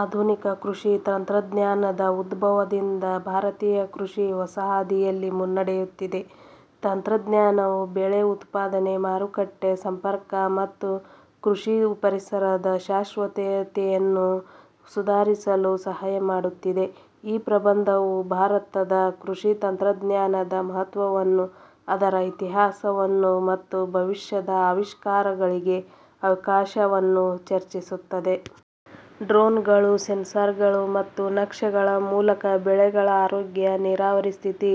ಆಧುನಿಕ ಕೃಷಿ ತಂತ್ರಜ್ಞಾನದ ಉದ್ಭವದಿಂದ, ಭಾರತೀಯ ಕೃಷಿ ಹೊಸ ಹಾದಿಯಲ್ಲಿ ಮುನ್ನಡೆಯುತ್ತಿದೆ. ತಂತ್ರಜ್ಞಾನವು ಬೆಳೆ ಉತ್ಪಾದನೆ, ಮಾರುಕಟ್ಟೆ ಸಂಪರ್ಕ, ಮತ್ತು ಕೃಷಿ ಪರಿಸರದ ಶಾಶ್ವತತೆಯನ್ನು ಸುಧಾರಿಸಲು ಸಹಾಯ ಮಾಡುತ್ತಿದೆ. ಈ ಪ್ರಬಂಧವು ಭಾರತದ ಕೃಷಿ ತಂತ್ರಜ್ಞಾನದ ಮಹತ್ವವನ್ನು, ಅದರ ಇತಿಹಾಸವನ್ನು, ಮತ್ತು ಭವಿಷ್ಯದ ಆವಿಷ್ಕಾರಗಳಿಗೆ ಅವಕಾಶವನ್ನು ಚರ್ಚಿಸುತ್ತದೆ. ಡ್ರೋನ್ಗಳು, ಸೆನ್ಸಾರ್ಗಳು, ಮತ್ತು ನಕ್ಷೆಗಳ ಮೂಲಕ ಬೆಳೆಗಳ ಆರೋಗ್ಯ, ನೀರಾವರಿ ಸ್ಥಿತಿ,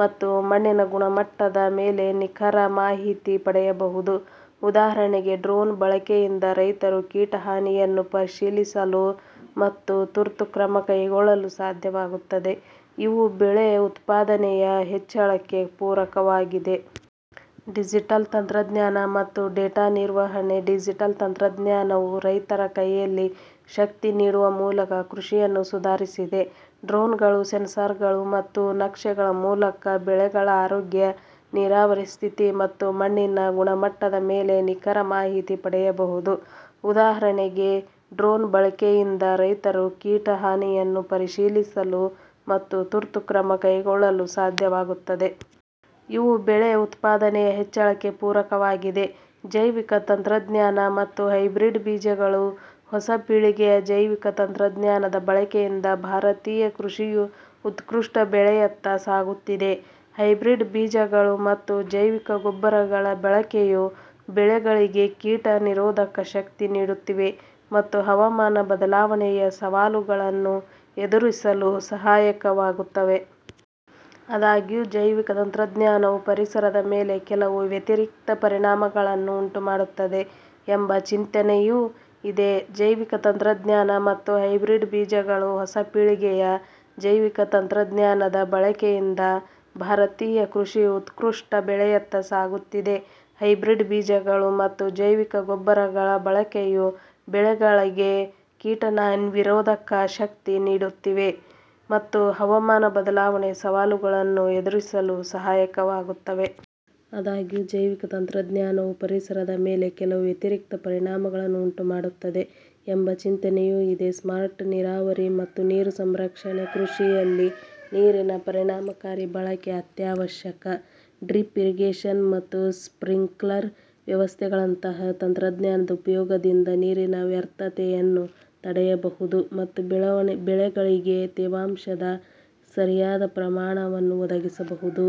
ಮತ್ತು ಮಣ್ಣಿನ ಗುಣಮಟ್ಟದ ಮೇಲೆ ನಿಖರ ಮಾಹಿತಿ ಪಡೆಯಬಹುದು. ಉದಾಹರಣೆಗೆ, ಡ್ರೋನ್ ಬಳಕೆಯಿಂದ ರೈತರು ಕೀಟ ಹಾನಿಯನ್ನು ಪರಿಶೀಲಿಸಲು ಮತ್ತು ತುರ್ತು ಕ್ರಮ ಕೈಗೊಳ್ಳಲು ಸಾಧ್ಯವಾಗುತ್ತದೆ. ಇವು ಬೆಳೆ ಉತ್ಪಾದನೆಯ ಹೆಚ್ಚಳಕ್ಕೆ ಪೂರಕವಾಗಿದೆ. ಡಿಜಿಟಲ್ ತಂತ್ರಜ್ಞಾನ ಮತ್ತು ಡೇಟಾ ನಿರ್ವಹಣೆ ಡಿಜಿಟಲ್ ತಂತ್ರಜ್ಞಾನವು ರೈತರ ಕೈಯಲ್ಲಿ ಶಕ್ತಿ ನೀಡುವ ಮೂಲಕ ಕೃಷಿಯನ್ನು ಸುಧಾರಿಸಿದೆ. ಡ್ರೋನ್ಗಳು, ಸೆನ್ಸಾರ್ಗಳು, ಮತ್ತು ನಕ್ಷೆಗಳ ಮೂಲಕ ಬೆಳೆಗಳ ಆರೋಗ್ಯ, ನೀರಾವರಿ ಸ್ಥಿತಿ, ಮತ್ತು ಮಣ್ಣಿನ ಗುಣಮಟ್ಟದ ಮೇಲೆ ನಿಖರ ಮಾಹಿತಿ ಪಡೆಯಬಹುದು. ಉದಾಹರಣೆಗೆ, ಡ್ರೋನ್ ಬಳಕೆಯಿಂದ ರೈತರು ಕೀಟ ಹಾನಿಯನ್ನು ಪರಿಶೀಲಿಸಲು ಮತ್ತು ತುರ್ತು ಕ್ರಮ ಕೈಗೊಳ್ಳಲು ಸಾಧ್ಯವಾಗುತ್ತದೆ. ಇವು ಬೆಳೆ ಉತ್ಪಾದನೆಯ ಹೆಚ್ಚಳಕ್ಕೆ ಪೂರಕವಾಗಿದೆ. ಜೈವಿಕ ತಂತ್ರಜ್ಞಾನ ಮತ್ತು ಹೈಬ್ರಿಡ್ ಬೀಜಗಳು ಹೊಸ ಪೀಳಿಗೆಯ ಜೈವಿಕ ತಂತ್ರಜ್ಞಾನದ ಬಳಕೆಯಿಂದ, ಭಾರತೀಯ ಕೃಷಿಯು ಉತ್ಕೃಷ್ಟ ಬೆಳೆಯತ್ತ ಸಾಗುತ್ತಿದೆ. ಹೈಬ್ರಿಡ್ ಬೀಜಗಳು ಮತ್ತು ಜೈವಿಕ ಗೊಬ್ಬರಗಳ ಬಳಕೆಯು ಬೆಳೆಗಳಿಗೆ ಕೀಟ ನಿರೋಧಕ ಶಕ್ತಿ ನೀಡುತ್ತಿವೆ, ಮತ್ತು ಹವಾಮಾನ ಬದಲಾವಣೆಯ ಸವಾಲುಗಳನ್ನು ಎದುರಿಸಲು ಸಹಾಯಕವಾಗುತ್ತವೆ. ಆದಾಗ್ಯೂ, ಜೈವಿಕ ತಂತ್ರಜ್ಞಾನವು ಪರಿಸರದ ಮೇಲೆ ಕೆಲವು ವ್ಯತಿರಿಕ್ತ ಪರಿಣಾಮಗಳನ್ನು ಉಂಟುಮಾಡುತ್ತದೆ ಎಂಬ ಚಿಂತನೆಯೂ ಇದೆ. ಜೈವಿಕ ತಂತ್ರಜ್ಞಾನ ಮತ್ತು ಹೈಬ್ರಿಡ್ ಬೀಜಗಳು ಹೊಸ ಪೀಳಿಗೆಯ ಜೈವಿಕ ತಂತ್ರಜ್ಞಾನದ ಬಳಕೆಯಿಂದ, ಭಾರತೀಯ ಕೃಷಿಯು ಉತ್ಕೃಷ್ಟ ಬೆಳೆಯತ್ತ ಸಾಗುತ್ತಿದೆ. ಹೈಬ್ರಿಡ್ ಬೀಜಗಳು ಮತ್ತು ಜೈವಿಕ ಗೊಬ್ಬರಗಳ ಬಳಕೆಯು ಬೆಳೆಗಳಿಗೆ ಕೀಟ ನಿರೋಧಕ ಶಕ್ತಿ ನೀಡುತ್ತಿವೆ, ಮತ್ತು ಹವಾಮಾನ ಬದಲಾವಣೆಯ ಸವಾಲುಗಳನ್ನು ಎದುರಿಸಲು ಸಹಾಯಕವಾಗುತ್ತವೆ. ಆದಾಗ್ಯೂ, ಜೈವಿಕ ತಂತ್ರಜ್ಞಾನವು ಪರಿಸರದ ಮೇಲೆ ಕೆಲವು ವ್ಯತಿರಿಕ್ತ ಪರಿಣಾಮಗಳನ್ನು ಉಂಟುಮಾಡುತ್ತದೆ ಎಂಬ ಚಿಂತನೆಯೂ ಇದೆ. ಸ್ಮಾರ್ಟ್ ನೀರಾವರಿ ಮತ್ತು ನೀರು ಸಂರಕ್ಷಣೆ ಕೃಷಿಯಲ್ಲಿ ನೀರಿನ ಪರಿಣಾಮಕಾರಿ ಬಳಕೆ ಅತ್ಯಾವಶ್ಯಕ. ಡ್ರಿಪ್ ಇರಿಗೇಶನ್ ಮತ್ತು ಸ್ಪ್ರಿಂಕ್ಲರ್ ವ್ಯವಸ್ಥೆಗಳಂತಹ ತಂತ್ರಜ್ಞಾನದ ಉಪಯೋಗದಿಂದ, ನೀರಿನ ವ್ಯರ್ಥತೆಯನ್ನು ತಡೆಯಬಹುದು ಮತ್ತು ಬೆಳೆಗಳಿಗೆ ತೇವಾಂಶದ ಸರಿಯಾದ ಪ್ರಮಾಣವನ್ನು ಒದಗಿಸಬಹುದು.